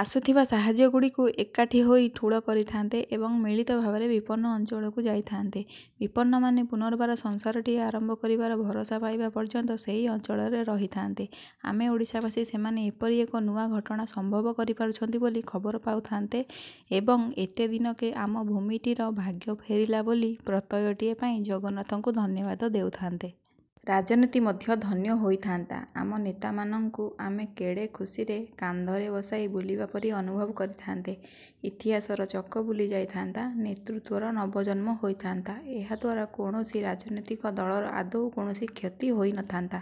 ଆସୁଥିବା ସାହାଯ୍ୟଗୁଡ଼ିକୁ ଏକାଠି ହୋଇ ଠୁଳ କରିଥାନ୍ତେ ଏବଂ ମିଳିତ ଭାବରେ ବିପନ୍ନ ଅଂଚଳକୁ ଯାଇଥାନ୍ତେ। ବିପନ୍ନମାନେ ପୁନର୍ବାର ସଂସାରଟିଏ ଆରମ୍ଭ କରିବାର ଭରସା ପାଇବା ପର୍ଯ୍ୟନ୍ତ ସେହି ଅଂଚଳରେ ରହିଥାନ୍ତେ। ଆମେ ଓଡ଼ିଶାବାସୀ ସେମାନେ ଏପରି ଏକ ନୂଆ ଘଟଣା ସମ୍ଭବ କରିପାରୁଛନ୍ତି ବୋଲି ଖବର ପାଉଥାନ୍ତେ ଏବଂ ଏତେ ଦିନକେ ଆମ ଭୂମିଟିର ଭାଗ୍ୟ ଫେରିଲା ବୋଲି ପ୍ରତ୍ୟୟଟିଏ ପାଇ ଜଗନ୍ନାଥଙ୍କୁ ଧନ୍ୟବାଦ ଦେଉଥାନ୍ତେ। ରାଜନୀତି ମଧ୍ୟ ଧନ୍ୟ ହୋଇଥାନ୍ତା। ଆମ ନେତାମାନଙ୍କୁ ଆମେ କେଡ଼େ ଖୁସିରେ କାନ୍ଧରେ ବସାଇ ବୁଲିବା ପରି ଅନୁଭବ କରିଥାନ୍ତେ। ଇତିହାସର ଚକ ବୁଲି ଯାଇଥାନ୍ତା। ନେତୃତ୍ଵର ନବଜନ୍ମ ହୋଇଥାନ୍ତା। ଏହାଦ୍ୱାରା କୌଣସି ରାଜନୀତିକ ଦଳର ଆଦୌ କୌଣସି କ୍ଷତି ହୋଇନଥାନ୍ତା।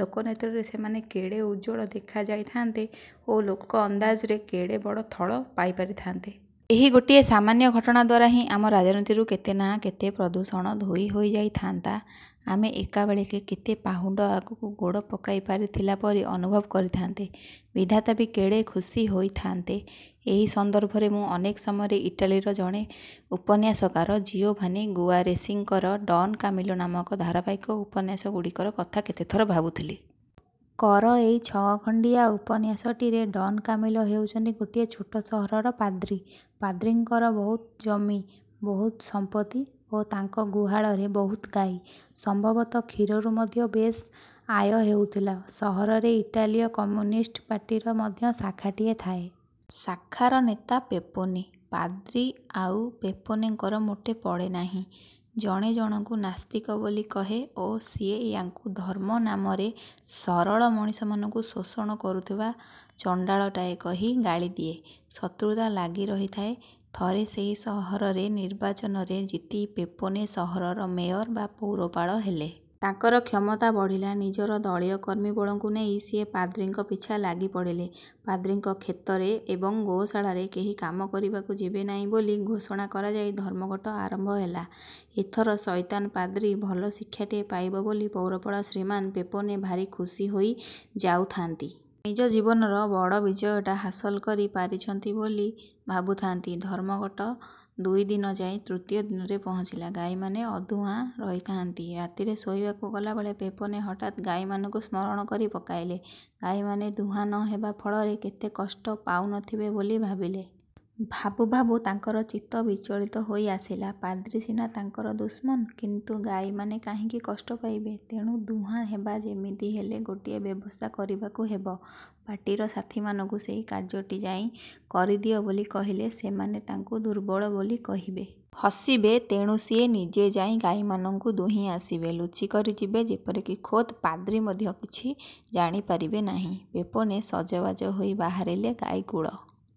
ଲୋକନେତ୍ରରେ ସେମାନେ କେଡ଼େ ଉଜ୍ଜ୍ୱଳ ଦେଖା ଯାଇଥାନ୍ତେ ଓ ଲୋକ ଅନ୍ଦାଜରେ କେଡ଼େ ବଡ଼ ଥଳ ପାଇ ପାରିଥାନ୍ତେ। ଏହି ଗୋଟିଏ ସାମାନ୍ୟ ଘଟଣା ଦ୍ୱାରା ହିଁ ଆମ ରାଜନୀତିରୁ କେତେ ନା କେତେ ପ୍ରଦୂଷଣ ଧୋଇ ହୋଇଯାଇଥାନ୍ତା। ଆମେ ଏକାବେଳେକେ କେତେ ପାହୁଣ୍ଡ ଆଗକୁ ଗୋଡ଼ ପକାଇ ପାରିଥିଲା ପରି ଅନୁଭବ କରିଥାନ୍ତେ। ବିଧାତା ବି କେଡ଼େ ଖୁସୀ ହୋଇଥାଆନ୍ତେ। ଏହି ସନ୍ଦର୍ଭରେ ମୁଁ ଅନେକ ସମୟରେ ଇଟାଲୀର ଜଣେ ଉପନ୍ୟାସକାର ଜିଓଭାନି ଗୁଆରେଶିଙ୍କର ଡ଼ନ୍ କାମିଲୋ ନାମକ ଧାରାବାହିକ ଉପନ୍ୟାସ ଗୁଡ଼ିକର କଥା କେତେଥର ଭାବୁଥିଲି। ଙ୍କର ଏହି ଛଅଖଣ୍ଡିଆ ଉପନ୍ୟାସଟିରେ ଡ଼ନ୍ କାମିଲୋ ହେଉଛନ୍ତି ଗୋଟିଏ ଛୋଟ ସହରର ପାଦ୍ରୀ। ପାଦ୍ରୀଙ୍କର ବହୁତ ଜମି, ବହୁତ ସମ୍ପତ୍ତି ଓ ତାଙ୍କ ଗୁହାଳରେ ବହୁତ ଗାଈ। ସମ୍ଭବତଃ କ୍ଷୀରରୁ ମଧ୍ୟ ବେଶ୍ ଆୟ ହେଉଥିଲା। ସହରରେ ଇଟାଲୀୟ କମ୍ୟୁନିଷ୍ଟ ପାର୍ଟିର ମଧ୍ୟ ଶାଖାଟିଏ ଥାଏ। ଶାଖାର ନେତା ପେପୋନେ। ପାଦ୍ରୀ ଆଉ ପେପୋନେଙ୍କର ମୋଟେ ପଡ଼େନାହିଁ। ଜଣେ ଜଣକୁ ନାସ୍ତିକ ବୋଲି କହେ ଓ ସିଏ ୟାଙ୍କୁ ଧର୍ମ ନାମରେ ସରଳ ମଣିଷମାନଙ୍କୁ ଶୋଷଣ କରୁଥିବା ଚଣ୍ଡାଳଟାଏ କହି ଗାଳିଦିଏ। ଶତ୍ରୁତା ଲାଗି ରହିଥାଏ। ଥରେ ସେହି ସହରରେ ନିର୍ବାଚନରେ ଜିତି ପେପୋନେ ସହରର ମେୟର ବା ପୌରପାଳ ହେଲେ। ତାଙ୍କର କ୍ଷମତା ବଢ଼ିଲା। ନିଜର ଦଳୀୟ କର୍ମୀବଳଙ୍କୁ ନେଇ ସିଏ ପାଦ୍ରୀଙ୍କ ପିଛା ଲାଗି ପଡ଼ିଲେ। ପାଦ୍ରୀଙ୍କ କ୍ଷେତରେ ଏବଂ ଗୋଶାଳରେ କେହି କାମ କରିବାକୁ ଯିବେ ନାହିଁ ବୋଲି ଘୋଷଣା କରାଯାଇ ଧର୍ମଘଟ ଆରମ୍ଭ ହେଲା। ଏଇଥର ସଇତାନ ପାଦ୍ରୀ ଭଲ ଶିକ୍ଷାଟିଏ ପାଇବ ବୋଲି ପୌରପାଳ ଶ୍ରୀମାନ୍ ପେପୋନେ ଭାରି ଖୁସି ହୋଇ ଯାଉଥାଆନ୍ତି। ନିଜ ଜୀବନର ବଡ଼ ବିଜୟଟା ହାସଲ କରି ପାରିଛନ୍ତି ବୋଲି ଭାବୁଥାନ୍ତି। ଧର୍ମଘଟ ଦୁଇଦିନ ଯାଇ ତୃତୀୟ ଦିନରେ ପହଞ୍ଚିଲା। ଗାଈମାନେ ଅଦୁହାଁ ରହିଥାନ୍ତି। ରାତିରେ ଶୋଇବାକୁ ଗଲାବେଳେ ପେପୋନେ ହଠାତ୍ ଗାଈମାନଙ୍କୁ ସ୍ମରଣ କରି। ପକାଇଲେ। ଗାଈମାନେ ଦୁହାଁ ନହେବା ଫଳରେ କେତେ କଷ୍ଟ ପାଉନଥିବେ ବୋଲି ଭାବିଲେ। ଭାବୁ ଭାବୁ ତାଙ୍କର ଚିତ୍ତ ବିଚଳିତ ହୋଇ ଆସିଲା। ପାଦ୍ରୀସିନା ତାଙ୍କର ଦୁଶ୍ମନ, କିନ୍ତୁ ଗାଈମାନେ କାହିଁକି କଷ୍ଟ ପାଇବେ? ତେଣୁ ଦୁହାଁ ହେବାର ଯେମିତି ହେଲେ ଗୋଟିଏ ବ୍ୟବସ୍ଥା କରିବାକୁ ହେବ। ପାର୍ଟିର ସାଥୀମାନଙ୍କୁ ସେହି କାର୍ଯ୍ୟଟି ଯାଇ କରିଦିଅ ବୋଲି କହିଲେ ସେମାନେ ତାଙ୍କୁ ଦୁର୍ବଳ ବୋଲି କହିବେ। ହସିବେ। ତେଣୁ ସିଏ ନିଜେ ଯାଇ ଗାଈମାନଙ୍କୁ ଦୁହିଁ ଆସିବେ। ଲୁଚିକରି ଯିବେ। ଯେପରିକି ଖୋଦ୍ ପାଦ୍ରୀ ମଧ୍ୟ କିଛି ଜାଣିପାରିବେ ନାହିଁ। ପେପୋନେ ସଜବାଜ ହୋଇ ବାହାରିଲେ। ଗାଈକୁଳ